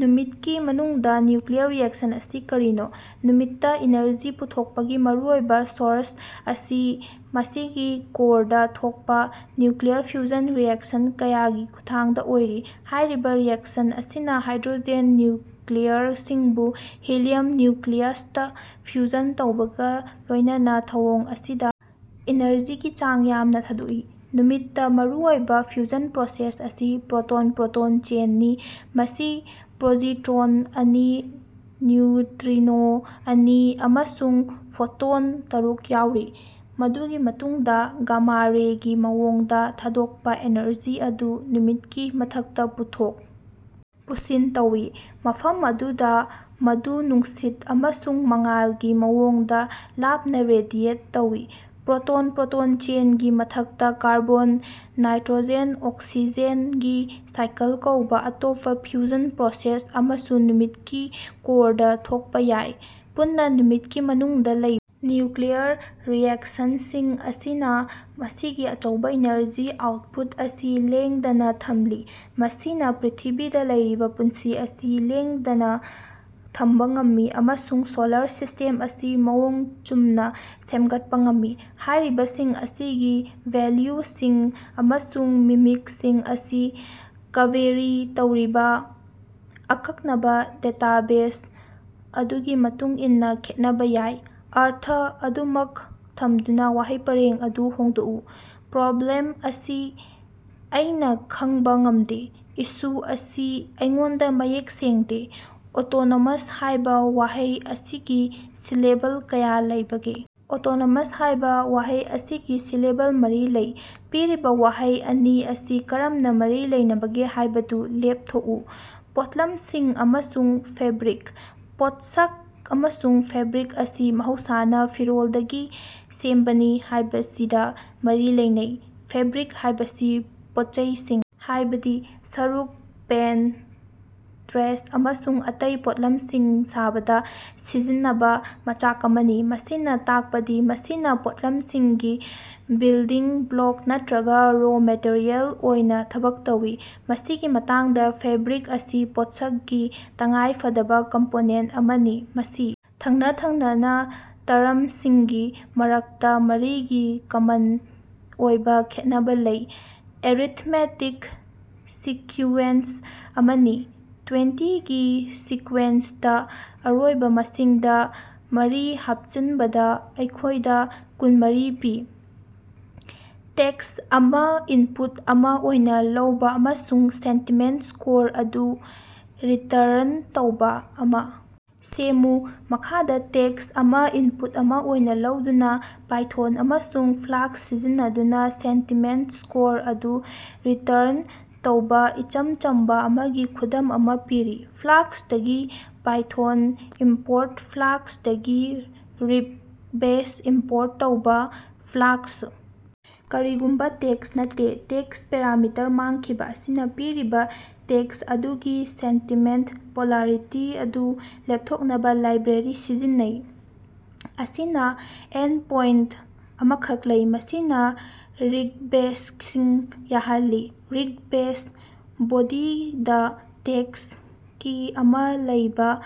ꯅꯨꯃꯤꯠꯀꯤ ꯃꯅꯨꯡꯗ nuclear reaction ꯑꯁꯤ ꯀꯔꯤꯅꯣ? ꯅꯨꯃꯤꯠꯇ ꯏꯅꯔꯖꯤ ꯄꯨꯊꯣꯛꯄꯒꯤ ꯃꯔꯨꯑꯣꯏꯕ ꯁꯣꯔꯁ ꯑꯁꯤ ꯃꯁꯤꯒꯤ ꯀꯣꯔꯗ ꯊꯣꯛꯄ ꯅ꯭ꯌꯨꯀ꯭ꯂꯤꯌꯔ ꯐ꯭ꯌꯨꯖꯟ ꯔꯤꯑꯦꯛꯁꯟ ꯀꯌꯥꯒꯤ ꯈꯨꯠꯊꯥꯡꯗ ꯑꯣꯏꯔꯤ꯫ ꯍꯥꯏꯔꯤꯕ ꯔꯤꯑꯦꯛꯁꯟꯁꯤꯡ ꯑꯁꯤꯅ ꯍꯥꯏꯗ꯭ꯔꯣꯖꯦꯟ ꯅ꯭ꯌꯨꯀ꯭ꯂꯤꯌꯔꯁꯤꯡꯕꯨ ꯍꯤꯂꯤꯌꯝ ꯅ꯭ꯌꯨꯀ꯭ꯂꯤꯌꯁꯇ ꯐ꯭ꯌꯨꯖꯟ ꯇꯧꯕꯒ ꯂꯣꯏꯅꯅ ꯊꯧꯑꯣꯡ ꯑꯁꯤꯗ ꯏꯅꯔꯖꯤꯒꯤ ꯆꯥꯡ ꯌꯥꯝꯅ ꯊꯥꯗꯣꯛꯏ꯫ ꯅꯨꯃꯤꯠꯇ ꯃꯔꯨ ꯑꯣꯏꯕ ꯐ꯭ꯌꯨꯖꯟ ꯄ꯭ꯔꯣꯁꯦꯁ ꯑꯁꯤ ꯄ꯭ꯔꯣꯇꯣꯟ-ꯄ꯭ꯔꯣꯇꯣꯟ ꯆꯦꯟ ꯅꯤ, ꯃꯁꯤ ꯄꯣꯖꯤꯇ꯭ꯔꯣꯟ ꯑꯅꯤ, ꯅ꯭ꯌꯨꯇ꯭ꯔꯤꯅꯣ ꯑꯅꯤ, ꯑꯃꯁꯨꯡ ꯐꯣꯇꯣꯟ ꯇꯔꯨꯛ ꯌꯥꯎꯔꯤ꯫ ꯃꯗꯨꯒꯤ ꯃꯇꯨꯡꯗ ꯒꯥꯃꯥ ꯔꯦꯒꯤ ꯃꯑꯣꯡꯗ ꯊꯥꯗꯣꯛꯄ ꯑꯦꯅꯔꯖꯤ ꯑꯗꯨ ꯅꯨꯃꯤꯠꯀꯤ ꯃꯊꯛꯇ ꯄꯨꯊꯣꯛ ꯄꯨꯁꯤꯟ ꯇꯧꯏ, ꯃꯐꯝ ꯑꯗꯨꯗ ꯃꯗꯨ ꯅꯨꯡꯁꯤꯠ ꯑꯃꯁꯨꯡ ꯃꯉꯥꯜꯒꯤ ꯃꯑꯣꯡꯗ ꯂꯥꯞꯅ ꯔꯦꯗꯤꯑꯦꯠ ꯇꯧꯏ꯫ ꯄ꯭ꯔꯣꯇꯣꯟ-ꯄ꯭ꯔꯣꯇꯣꯟ ꯆꯦꯟꯒꯤ ꯃꯊꯛꯇ, ꯀꯥꯔꯕꯣꯟ- ꯅꯥꯏꯇ꯭ꯔꯣꯖꯦꯟ- ꯑꯣꯛꯁꯤꯖꯦꯟ ꯒꯤ ꯁꯥꯏꯀꯜ ꯀꯧꯕ ꯑꯇꯣꯞꯄ ꯐ꯭ꯌꯨꯖꯟ ꯄ꯭ꯔꯣꯁꯦꯁ ꯑꯃꯁꯨ ꯅꯨꯃꯤꯠꯀꯤ ꯀꯣꯔꯗ ꯊꯣꯛꯄꯥ ꯌꯥꯏ꯫ ꯄꯨꯟꯅ ꯅꯨꯃꯤꯠꯀꯤ ꯃꯅꯨꯡꯗ ꯂꯩꯕ ꯅ꯭ꯌꯨꯀ꯭ꯂꯤꯌꯔ ꯔꯤꯑꯦꯛꯁꯟꯁꯤꯡ ꯑꯁꯤꯅ ꯃꯁꯤꯒꯤ ꯑꯆꯧꯕ ꯏꯅꯔꯖꯤ ꯑꯥꯎꯠꯄꯨꯠ ꯑꯁꯤ ꯂꯦꯡꯗꯅ ꯊꯝꯂꯤ, ꯃꯁꯤꯅ ꯄ꯭ꯔꯤꯊꯤꯕꯤꯗ ꯂꯩꯔꯤꯕ ꯄꯨꯟꯁꯤ ꯑꯁꯤ ꯂꯦꯡꯗꯅ ꯊꯝꯕ ꯉꯝꯃꯤ ꯑꯃꯁꯨꯡ ꯁꯣꯂꯔ ꯁꯤꯁ꯭ꯇꯦꯝ ꯑꯁꯤ ꯃꯑꯣꯡ ꯆꯨꯝꯅ ꯁꯦꯝꯒꯠꯄ ꯉꯝꯃꯤ꯫ ꯍꯥꯏꯔꯤꯕꯁꯤꯡ ꯑꯁꯤꯒꯤ ꯚꯦꯜꯌꯨꯁꯤꯡ ꯑꯃꯁꯨꯡ ꯃꯃꯤꯡꯁꯤꯡ ꯑꯁꯤ ꯀꯕꯦꯔꯤ ꯇꯧꯔꯤꯕ ꯑꯀꯛꯅꯕ ꯗꯦꯇꯥꯕꯦꯖ ꯑꯗꯨꯒꯤ ꯃꯇꯨꯡ ꯏꯟꯅ ꯈꯦꯠꯅꯕ ꯌꯥꯏ꯫ ꯑꯔꯊ ꯑꯗꯨꯃꯛ ꯊꯝꯗꯨꯅ ꯋꯥꯍꯩ ꯄꯔꯦꯡ ꯑꯗꯨ ꯍꯣꯡꯗꯣꯛꯎ꯫ ꯄ꯭ꯔꯣꯕ꯭ꯂꯦꯝ ꯑꯁꯤ ꯑꯩꯅ ꯈꯪꯕ ꯉꯝꯗꯦ꯫ ꯏꯁꯨ ꯑꯁꯤ ꯑꯩꯉꯣꯟꯗ ꯃꯌꯦꯛ ꯁꯦꯡꯗꯦ꯫ ꯑꯣꯇꯣꯅꯣꯃꯁ ꯍꯥꯏꯕ ꯋꯥꯍꯩ ꯑꯁꯤꯒꯤ ꯁꯤꯂꯦꯕꯜ ꯀꯌꯥ ꯂꯩꯕꯒꯦ? ꯑꯣꯇꯣꯅꯣꯃꯁ ꯍꯥꯏꯕ ꯋꯥꯍꯩ ꯑꯁꯤꯒꯤ ꯁꯤꯂꯦꯕꯜ ꯃꯔꯤ ꯂꯩ꯫ ꯄꯤꯔꯤꯕ ꯋꯥꯍꯩ ꯑꯅꯤ ꯑꯁꯤ ꯀꯔꯝꯅ ꯃꯔꯤ ꯂꯩꯅꯕꯒꯦ ꯍꯥꯏꯕꯗꯨ ꯂꯦꯞ ꯊꯣꯛꯎ꯫ ꯄꯣꯠꯂꯝꯁꯤꯡ ꯑꯃꯁꯨꯡ ꯐꯦꯕ꯭ꯔꯤꯛ꯫ ꯄꯣꯠꯁꯛ ꯑꯃꯁꯨꯡ ꯐꯦꯕ꯭ꯔꯤꯛ ꯑꯁꯤ ꯃꯍꯧꯁꯥꯅ ꯐꯤꯔꯣꯜꯗꯒꯤ ꯁꯦꯝꯕꯅꯤ ꯍꯥꯏꯕꯁꯤꯗ ꯃꯔꯤ ꯂꯩꯅꯩ꯫ ꯐꯦꯕ꯭ꯔꯤꯛ ꯍꯥꯏꯕꯁꯤ ꯄꯣꯠꯆꯩꯁꯤꯡ ꯍꯥꯏꯕꯗꯤ ꯁꯔꯨꯛ, ꯄꯦꯟꯠ, ꯗ꯭ꯔꯦꯁ, ꯑꯃꯁꯨꯡ ꯑꯇꯩ ꯄꯣꯠꯂꯝꯁꯤꯡ ꯁꯥꯕꯗ ꯁꯤꯖꯤꯟꯅꯕ ꯃꯆꯥꯛ ꯑꯃꯅꯤ, ꯃꯁꯤꯅ ꯇꯥꯛꯄꯗꯤ ꯃꯁꯤꯅ ꯄꯣꯠꯂꯝꯁꯤꯡꯒꯤ ꯕꯤꯜꯗꯤꯡ ꯕ꯭ꯂꯣꯛ ꯅꯠꯇ꯭ꯔꯒ ꯔꯣ ꯃꯦꯇꯔꯤꯌꯦꯜ ꯑꯣꯏꯅ ꯊꯕꯛ ꯇꯧꯏ꯫ ꯃꯁꯤꯒꯤ ꯃꯇꯥꯡꯗ ꯐꯦꯕ꯭ꯔꯤꯛ ꯑꯁꯤ ꯄꯣꯠꯁꯛ ꯒꯤ ꯇꯉꯥꯏꯐꯗꯕ ꯀꯝꯄꯣꯅꯦꯟꯠ ꯑꯃꯅꯤ꯫ ꯃꯁꯤ ꯊꯪꯅ-ꯊꯪꯅꯅ ꯇꯔꯝꯁꯤꯡꯒꯤ ꯃꯔꯛꯇ ꯃꯔꯤꯒꯤ ꯀꯃꯟ ꯑꯣꯏꯕ ꯈꯦꯠꯅꯕ ꯂꯩꯕ ꯑꯦꯔꯤꯊꯃꯦꯇꯤꯛ ꯁꯤꯀꯨ꯭ꯌꯦꯟꯁ ꯑꯃꯅꯤ꯫ ꯇꯨ꯭ꯋꯦꯟꯇꯤ ꯁꯤꯀꯨ꯭ꯌꯦꯟꯁꯇ ꯑꯔꯣꯏꯕ ꯃꯁꯤꯡꯗ ꯃꯔꯤ ꯍꯥꯞꯆꯤꯟꯕꯅ ꯑꯩꯈꯣꯏꯗ ꯀꯨꯟꯃꯔꯤ ꯄꯤ꯫ ꯇꯦꯛꯁ ꯑꯃ ꯏꯟꯄꯨꯠ ꯑꯃ ꯑꯣꯏꯅ ꯂꯧꯕ ꯑꯃꯁꯨꯡ ꯁꯦꯟꯇꯤꯃꯦꯟꯠ ꯁ꯭ꯀꯣꯔ ꯑꯗꯨ ꯔꯤꯇꯔꯟ ꯇꯧꯕ ꯑꯃ ꯁꯦꯝꯃꯨ꯫ ꯃꯈꯥꯗ ꯇꯦꯛꯁ ꯑꯃꯥ ꯏꯟꯄꯨꯠ ꯑꯃ ꯑꯣꯏꯅ ꯂꯧꯗꯨꯅ ꯄꯥꯏꯊꯣꯟ ꯑꯃꯁꯨꯡ ꯐ꯭ꯂꯥꯛꯁ ꯁꯤꯖꯤꯟꯅꯗꯨꯅ ꯁꯦꯟꯇꯤꯃꯦꯟꯠ ꯁ꯭ꯀꯣꯔ ꯑꯗꯨ ꯔꯤꯇꯔꯟ ꯇꯧꯕ ꯏꯆꯝ ꯆꯝꯕ ꯑꯃꯒꯤ ꯈꯨꯗꯝ ꯑꯃ ꯄꯤꯔꯤ꯫ ꯐ꯭ꯂꯥꯛꯁ ꯇꯒꯤ ꯄꯥꯏꯊꯣꯟ ꯏꯝꯄꯣꯔꯠ ꯐ꯭ꯂꯥꯛꯁ, ꯗꯒꯤ ꯔꯤꯛꯕꯦꯁ ꯏꯝꯄꯣꯔꯠ ꯇꯧꯕ ꯐ꯭ꯂꯥꯛꯁ꯫ ꯀꯔꯤꯒꯨꯝꯕ ꯇꯦꯛꯁ ꯅꯠꯇꯦ: ꯇꯦꯛꯁ ꯄꯦꯔꯥꯃꯤꯇꯔ ꯃꯥꯡꯈꯤꯕ ꯑꯁꯤꯅ ꯄꯤꯔꯤꯕ ꯇꯦꯛꯁ ꯑꯗꯨꯒꯤ ꯁꯦꯟꯇꯤꯃꯦꯟꯠ ꯄꯣꯂꯥꯔꯤꯇꯤ ꯑꯗꯨ ꯂꯦꯞꯊꯣꯛꯅꯕ ꯂꯥꯏꯕ꯭ꯔꯦꯔꯤ ꯁꯤꯖꯤꯟꯅꯩ꯫ ꯑꯁꯤꯅ ꯑꯦꯟꯗꯄꯣꯏꯟꯠ ꯑꯃꯈꯛ ꯂꯩ, ꯃꯁꯤꯅ ꯔꯤꯛꯕꯦꯁꯁꯤꯡ ꯌꯥꯍꯜꯂꯤ꯫ ꯔꯤꯛꯕꯦꯁ ꯕꯣꯗꯤꯗ ꯇꯦꯛꯁ ꯀꯤ ꯑꯃ ꯂꯩꯕ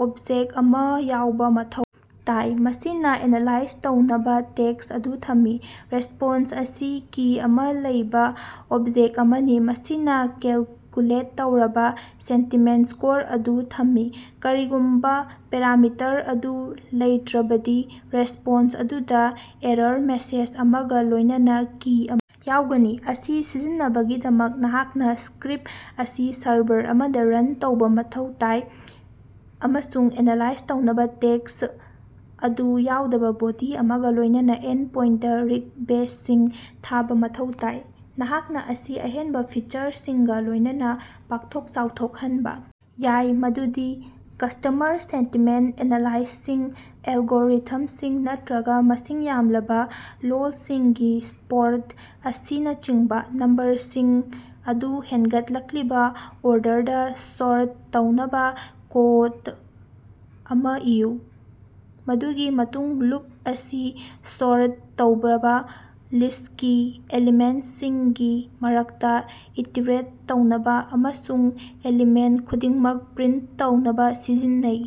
ꯑꯣꯕꯖꯦꯛ ꯑꯃ ꯌꯥꯎꯕ ꯃꯊꯧ ꯇꯥꯏ, ꯃꯁꯤꯅ ꯑꯦꯅꯥꯂꯥꯏꯖ ꯇꯧꯅꯕ ꯇꯦꯛꯁ ꯑꯗꯨ ꯊꯝꯃꯤ꯫ ꯔꯦꯁꯄꯣꯟꯁ ꯑꯁꯤ ꯀꯤ ꯑꯃ ꯂꯩꯕ ꯑꯣꯕꯖꯦꯛ ꯑꯃꯅꯤ, ꯃꯁꯤꯅ ꯀꯦꯜꯀꯨꯂꯦꯠ ꯇꯧꯔꯕ ꯁꯦꯟꯇꯤꯃꯦꯟꯠ ꯁ꯭ꯀꯣꯔ ꯑꯗꯨ ꯊꯝꯃꯤ꯫ ꯀꯔꯤꯒꯨꯝꯕ ꯄꯦꯔꯥꯃꯤꯇꯔ ꯑꯗꯨ ꯂꯩꯇ꯭ꯔꯕꯗꯤ, ꯔꯦꯁꯄꯣꯟꯁ ꯑꯗꯨꯗ ꯑꯦꯔꯔ ꯃꯦꯁꯦꯖ ꯑꯃꯒ ꯂꯣꯏꯅꯅ ꯀꯤ ꯑꯝ ꯌꯥꯎꯒꯅꯤ, ꯑꯁꯤ ꯁꯤꯖꯤꯟꯅꯅꯕꯒꯤꯗꯃꯛ, ꯅꯍꯥꯛꯅ ꯁ꯭ꯀꯔꯤꯞ ꯑꯁꯤ ꯁꯔꯚꯔ ꯑꯃꯗ ꯔꯟ ꯇꯧꯕ ꯃꯊꯧ ꯇꯥꯏ ꯑꯃꯁꯨꯡ ꯑꯦꯅꯥꯂꯥꯏꯖ ꯇꯧꯅꯕ ꯇꯦꯛꯁ ꯑꯗꯨ ꯌꯥꯎꯕ ꯕꯣꯗꯤ ꯑꯃꯒ ꯂꯣꯏꯅꯅ ꯑꯦꯟꯄꯣꯏꯟꯠꯇ ꯔꯤꯛꯕꯦꯁꯁꯤꯡ ꯊꯥꯕ ꯃꯊꯧ ꯇꯥꯏ꯫ ꯅꯍꯥꯛꯅ ꯑꯁꯤ ꯑꯍꯦꯟꯕ ꯐꯤꯆꯔꯁꯤꯡꯒ ꯂꯣꯏꯅꯅ ꯄꯥꯛꯊꯣꯛ ꯆꯥꯎꯊꯣꯛꯍꯟꯕ ꯌꯥꯏ, ꯃꯗꯨꯗꯤ ꯀꯁꯇꯃꯔ ꯁꯦꯟꯇꯤꯃꯦꯟꯠ ꯑꯦꯅꯥꯂꯥꯏꯁꯤꯁ ꯑꯦꯜꯒꯣꯔꯤꯊꯝꯁꯤꯡ ꯅꯠꯇ꯭ꯔꯒ ꯃꯁꯤꯡ ꯌꯥꯝꯂꯕ ꯂꯣꯜꯁꯤꯡꯒꯤ ꯁꯄꯣꯔꯠ ꯑꯁꯤꯅꯆꯤꯡꯕ꯫ ꯅꯝꯕꯔꯁꯤꯡ ꯑꯗꯨ ꯍꯦꯟꯒꯠꯂꯛꯂꯤꯕ ꯑꯣꯔꯗꯔꯗ ꯁꯣꯔꯠ ꯇꯧꯅꯕ ꯀꯣꯗ ꯑꯃ ꯏꯌꯨ꯫ ꯃꯗꯨꯒꯤ ꯃꯇꯨꯡꯗ ꯂꯨꯞ ꯑꯁꯤ ꯁꯣꯔꯠ ꯇꯧꯔꯕ ꯂꯤꯁꯀꯤ ꯑꯦꯂꯤꯃꯦꯟꯠꯁꯤꯡꯒꯤ ꯃꯔꯛꯇ ꯏꯇꯤꯔꯦꯠ ꯇꯧꯅꯕ ꯑꯃꯁꯨꯡ ꯑꯦꯂꯤꯃꯦꯟꯠ ꯈꯨꯗꯤꯡꯃꯛ ꯄ꯭ꯔꯤꯟꯠ ꯇꯧꯅꯕ ꯁꯤꯖꯤꯟꯅꯩ꯫